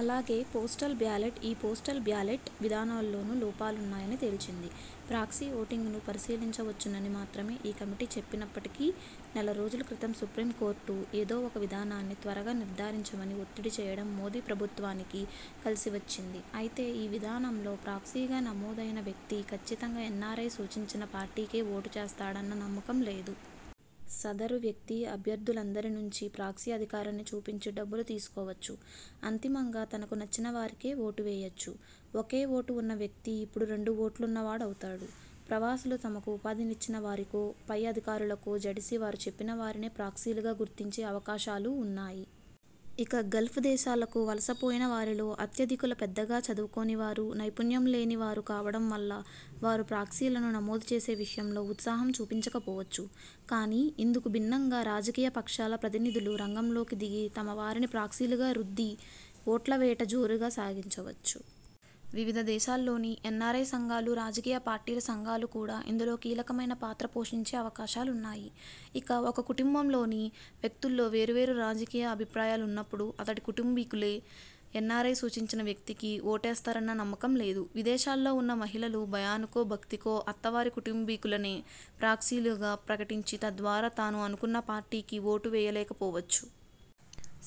అలాగే, postal ballot, e postal ballot విధానాల్లోనూ లోపాలున్నాయని తేల్చింది. ప్రాక్సీ ఓటింగ్ను పరిశీలించవచ్చునని మాత్రమే ఈ కమిటీ చెప్పినప్పటికీ, నెలరోజుల క్రితం సుప్రీంకోర్టు ఏదో ఒక విధానాన్ని త్వరగా నిర్థారించమని ఒత్తిడిచేయడం మోదీ ప్రభుత్వానికి కలిసివచ్చింది. అయితే, ఈ విధానంలో ప్రాక్సీగా నమోదైన వ్యక్తి కచ్చితంగా ఎన్నారై సూచించిన పార్టీకే ఓటుచేస్తాడన్న నమ్మకం లేదు. సదరు వ్యక్తి అభ్యర్థులందరినుంచీ ప్రాక్సీ అధికారాన్ని చూపించి డబ్బులు తీసుకోవచ్చు, అంతిమంగా తనకు నచ్చినవారికే ఓటువేయవచ్చు. ఒకే ఓటు వున్న వ్యక్తి ఇప్పుడు రెండు ఓట్లున్న వాడవుతాడు. ప్రవాసులు తమకు ఉపాధినిచ్చిన వారికో, పై అధికారులకో జడిసి వారు చెప్పిన వారినే ప్రాక్సీలుగా గుర్తించే అవకాశాలూ ఉన్నాయి. ఇక గల్ఫ్ దేశాలకు వలసపోయిన వారిలో అత్యధికులు పెద్దగా చదువుకోనివారు, నైపుణ్యంలేని వారు కావడం వల్ల వారు 'ప్రాక్సీ'లను నమోదు చేసే విషయంలో ఉత్సాహం చూపించకపోవచ్చు. కానీ, ఇందుకు భిన్నంగా రాజకీయపక్షాల ప్రతినిధులు రంగంలోకి దిగి తమవారిని ప్రాక్సీలుగా రుద్ది ఓట్ల వేట జోరుగా సాగించవచ్చు. వివిధ దేశాల్లోని ఎన్నారై సంఘాలు, రాజకీయపార్టీల సంఘాలు కూడా ఇందులో కీలకమైన పాత్ర పోషించే అవకాశాలున్నాయి. ఇక, ఒక కుటుంబంలోని వ్యక్తుల్లో వేర్వేరు రాజకీయ అభిప్రాయాలున్నప్పుడు అతడి కుటుంబీకులే ఎన్నారై సూచించిన వ్యక్తికి ఓటేస్తారన్న నమ్మకం లేదు. విదేశాల్లో ఉన్న మహిళలు భయానికో, భక్తికో అత్తవారి కుటుంబీకులనే ప్రాక్సీలుగా ప్రకటించి తద్వారా తాను అనుకున్న పార్టీకి ఓటువేయలేకపోవచ్చు.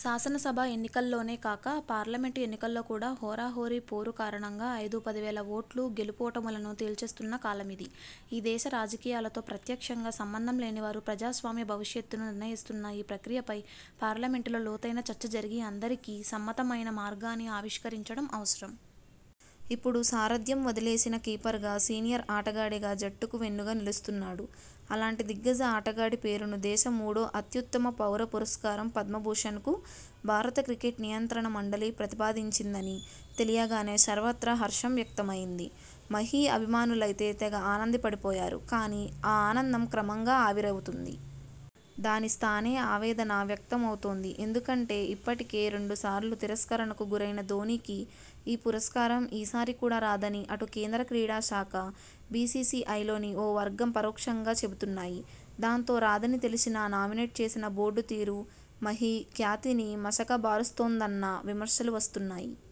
శాసనసభ ఎన్నికల్లోనే కాక, పార్లమెంటు ఎన్నికల్లో కూడా హోరాహోరీ పోరు కారణంగా ఐదుపదివేల ఓట్లు గెలుపోటములను తేల్చేస్తున్న కాలమిది. ఈ దేశ రాజకీయాలతో ప్రత్యక్షంగా సంబంధం లేనివారు ప్రజాస్వామ్య భవిష్యత్తును నిర్ణయిస్తున్న ఈ ప్రక్రియపై పార్లమెంటులో లోతైన చర్చ జరిగి అందరికీ సమ్మతమైన మార్గాన్ని ఆవిష్కరించడం అవసరం. ఇప్పుడు సారథ్యం వదిలేసినా కీపర్గా, సీనియర్ ఆటగాడిగా జట్టుకు వెన్నుగా నిలుస్తున్నాడు. అలాంటి దిగ్గజ ఆటగాడి పేరును దేశ మూడో అత్యుత్తమ పౌర పురస్కారం పద్మభూషణ్కు భారత క్రికెట్ నియంత్రణ మండలి ప్రతిపాదించిందని తెలియగానే సర్వత్రా హర్షం వ్యక్తమైంది. మహీ అభిమానులైతే తెగ ఆనందపడిపోయారు. కానీ, ఆ ఆనందం క్రమంగా ఆవిరవుతోంది. దాని స్థానే ఆవేదనా వ్యక్తం అవుతోంది. ఎందుకంటే ఇప్పటికే రెండుసార్లు తిరస్కరణకు గురైన ధోనీకి ఈ పురస్కారం ఈ సారి కూడా రాదని అటు కేంద్ర క్రీడా శాఖ బీసీసీఐలోని ఓ వర్గం పరోక్షంగా చెబుతున్నాయి. దాంతో, రాదని తెలిసినా నామినేట్ చేసిన బోర్డు తీరు మహీ ఖ్యాతిని మసకబారుస్తోందన్న విమర్శలు వస్తున్నాయి.